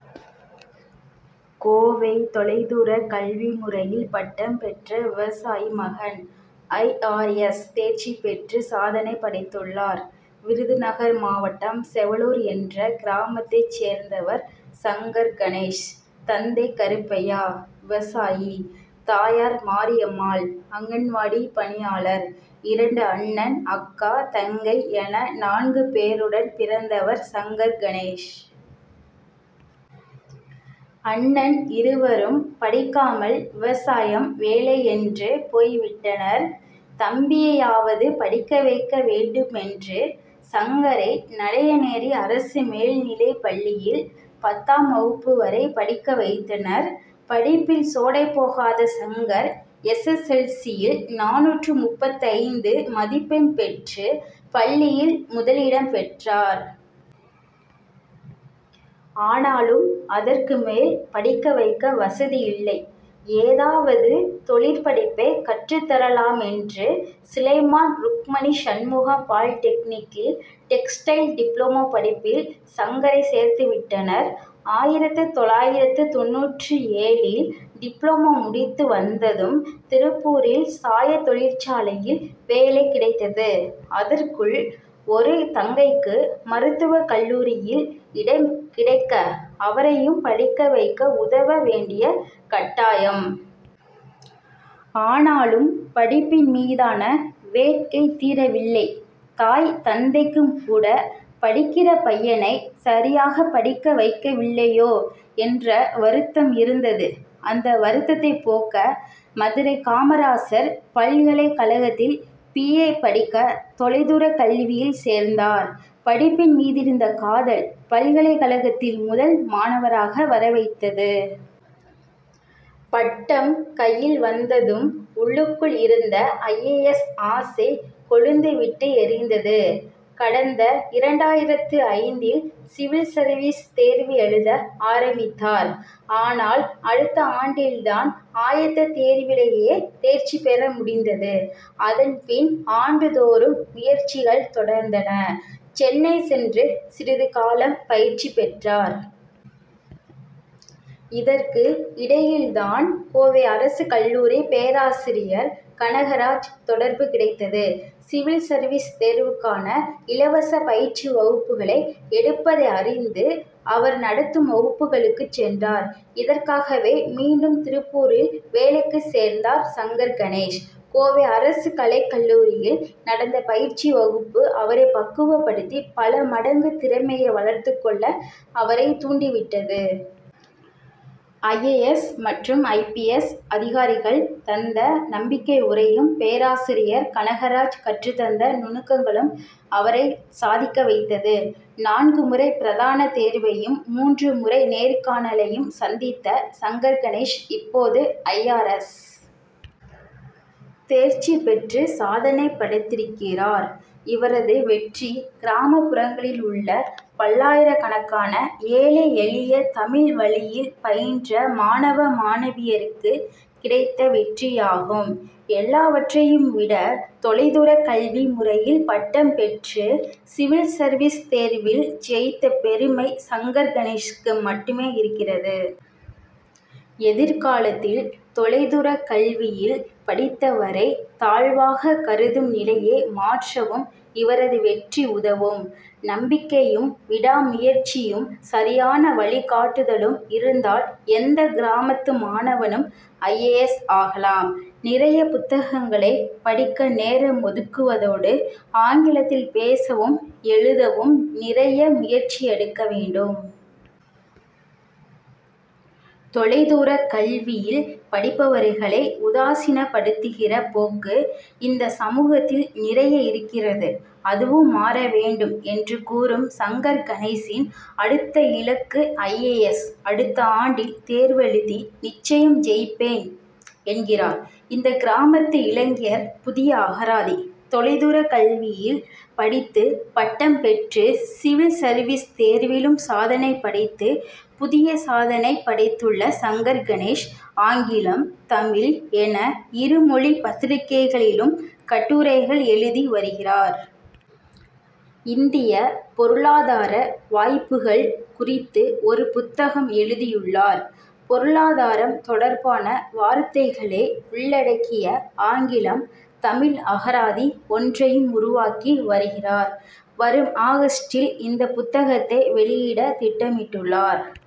கோவை தொலை தூரக் கல்வி முறையில் பட்டம் பெற்ற விவசாயி மகன், ஐ. ஆர். எஸ்., தேர்ச்சி பெற்று சாதனை படைத்துள்ளார். விருதுநகர் மாவட்டம் செவலூர் என்ற கிராமத்தைச் சேர்ந்தவர் சங்கர் கணேஷ். தந்தை கருப்பையா, விவசாயி; தாயார் மாரியம்மாள், அங்கன்வாடிப் பணியாளர். இரண்டு அண்ணன், அக்கா, தங்கை என நான்கு பேருடன் பிறந்தவர் சங்கர் கணேஷ். அண்ணன் இருவரும் படிக்காமல், விவசாயம், வேலை என்று போய் விட்டனர். தம்பியையாவது படிக்க வைக்க வேண்டுமென்று, சங்கரை நடையநேரி அரசு மேல்நிலைப்பள்ளியில் பத்தாம் வகுப்பு வரை படிக்க வைத்தனர். படிப்பில் சோடை போகாத சங்கர், எஸ். எஸ். எல். சி.,யில் நானூற்று முப்பத்தைந்து மதிப்பெண் பெற்று, பள்ளியில் முதலிடம் பெற்றார். ஆனாலும், அதற்கு மேல் படிக்க வைக்க வசதியில்லை. ஏதாவது, தொழிற்படிப்பைக் கற்றுத்தரலாமென்று, சிலைமான் ருக்மணி சண்முகம் பாலிடெக்னிக்கில் டெக்ஸ்டைல் டிப்ளமோ படிப்பில் சங்கரை சேர்த்து விட்டனர். ஆயிரத்து தொள்ளாயிரத்து தொண்ணூற்று ஏழில் டிப்ளமோ முடித்து வந்ததும், திருப்பூரில் சாயத் தொழிற்சாலையில் வேலை கிடைத்தது. அதற்குள் ஒரு தங்கைக்கு மருத்துவக்கல்லூரியில் இடம் கிடைக்க, அவரையும் படிக்க வைக்க உதவ வேண்டிய கட்டாயம். ஆனாலும், படிப்பின் மீதான வேட்கை தீரவில்லை. தாய், தந்தைக்கும் கூட, படிக்கிற பையனை சரியாகப் படிக்க வைக்கவில்லையோ என்ற வருத்தம் இருந்தது. அந்த வருத்தத்தைப் போக்க, மதுரை காமராசர் பல்கலைக்கழகத்தில் பி. ஏ. படிக்க, தொலைதூரக் கல்வியில் சேர்ந்தார். படிப்பின் மீதிருந்த காதல், பல்கலைக்கழகத்தில் முதல் மாணவராக வரவைத்தது. பட்டம் கையில் வந்ததும், உள்ளுக்குள் இருந்த ஐ. ஏ. எஸ்., ஆசை கொழுந்து விட்டு எரிந்தது. கடந்த இரண்டாயிரத்து ஐந்தில் சிவில் சர்வீஸ் தேர்வு எழுத ஆரம்பித்தார். ஆனால், அடுத்த ஆண்டில்தான் ஆயத்தத்தேர்விலேயே தேர்ச்சி பெற முடிந்தது. அதன் பின், ஆண்டுதோறும் முயற்சிகள் தொடர்ந்தன. சென்னை சென்று சிறிது காலம் பயிற்சி பெற்றார். இதற்கு இடையில்தான், கோவை அரசு கல்லூரி பேராசிரியர் கனகராஜ் தொடர்பு கிடைத்தது. சிவில் சர்வீஸ் தேர்வுக்கான இலவச பயிற்சி வகுப்புகளை எடுப்பதை அறிந்து, அவர் நடத்தும் வகுப்புகளுக்குச் சென்றார். இதற்காகவே, மீண்டும் திருப்பூரில் வேலைக்குச் சேர்ந்தார் சங்கர் கணேஷ். கோவை அரசு கலைக்கல்லூரியில் நடந்த பயிற்சி வகுப்பு, அவரை பக்குவப் படுத்தி, பல மடங்கு திறமையை வளர்த்துக் கொள்ள, அவரைத் தூண்டி விட்டது. ஐ. ஏ. எஸ்., மற்றும் ஐ. பி. எஸ்., அதிகாரிகள் தந்த நம்பிக்கை உரையும், பேராசிரியர் கனகராஜ் கற்றுத் தந்த நுணுக்கங்களும் அவரை சாதிக்க வைத்தது. நான்கு முறை பிரதான தேர்வையும், மூன்று முறை நேர்காணலையும் சந்தித்த சங்கர் கணேஷ், இப்போது ஐ. ஆர். எஸ். தேர்ச்சி பெற்று சாதனை படைத்திருக்கிறார். இவரது வெற்றி, கிராமப் புறங்களில் உள்ள பல்லாயிரக்கணக்கான ஏழை எளிய, தமிழ் வழியில் பயின்ற மாணவ, மாணவியருக்குக் கிடைத்த வெற்றியாகும். எல்லாவற்றையும் விட, தொலை தூரக் கல்வி முறையில் பட்டம் பெற்று, சிவில் சர்வீஸ் தேர்வில் ஜெயித்த பெருமை, சங்கர் கணேஷ்க்கு மட்டுமே இருக்கிறது. எதிர்காலத்தில் தொலைதூரக் கல்வியில் படித்தவரை, தாழ்வாகக் கருதும் நிலையை மாற்றவும் இவரது வெற்றி உதவும். நம்பிக்கையும், விடாமுயற்சியும், சரியான வழி காட்டுதலும் இருந்தால், எந்த கிராமத்து மாணவனும் ஐ. ஏ. எஸ். ஆகலாம். நிறைய புத்தகங்களைப் படிக்க நேரம் ஒதுக்குவதோடு, ஆங்கிலத்தில் பேசவும், எழுதவும் நிறைய முயற்சி எடுக்க வேண்டும். தொலை தூரக்கல்வியில் படிப்பவர்களை, உதாசினப்படுத்துகிற போக்கு, இந்த சமூகத்தில் நிறைய இருக்கிறது. அதுவும் மாற வேண்டும், என்று கூறும் சங்கர் கணேஷின் அடுத்த இலக்கு ஐ. ஏ. எஸ். அடுத்த ஆண்டில் தேர்வெழுதி, நிச்சயம் ஜெயிப்பேன் என்கிறார் இந்த கிராமத்து இளைஞர். புதிய அகராதி! தொலைதூரக் கல்வியில் படித்து பட்டம் பெற்று, சிவில் சர்வீஸ் தேர்விலும் சாதனை படைத்து, புதிய சாதனை படைத்துள்ள சங்கர் கணேஷ், ஆங்கிலம், தமிழ் என இரு மொழிப் பத்திரிக்கைகளிலும் கட்டுரைகள் எழுதி வருகிறார். இந்திய பொருளாதார வாய்ப்புகள் குறித்து ஒரு புத்தகம் எழுதியுள்ளார். பொருளாதாரம் தொடர்பான வார்த்தைகளை உள்ளடக்கிய ஆங்கிலம் தமிழ் அகராதி ஒன்றையும் உருவாக்கி வருகிறார். வரும் ஆகஸ்ட்டில் இந்த புத்தகத்தை வெளியிட திட்டமிட்டுள்ளார்.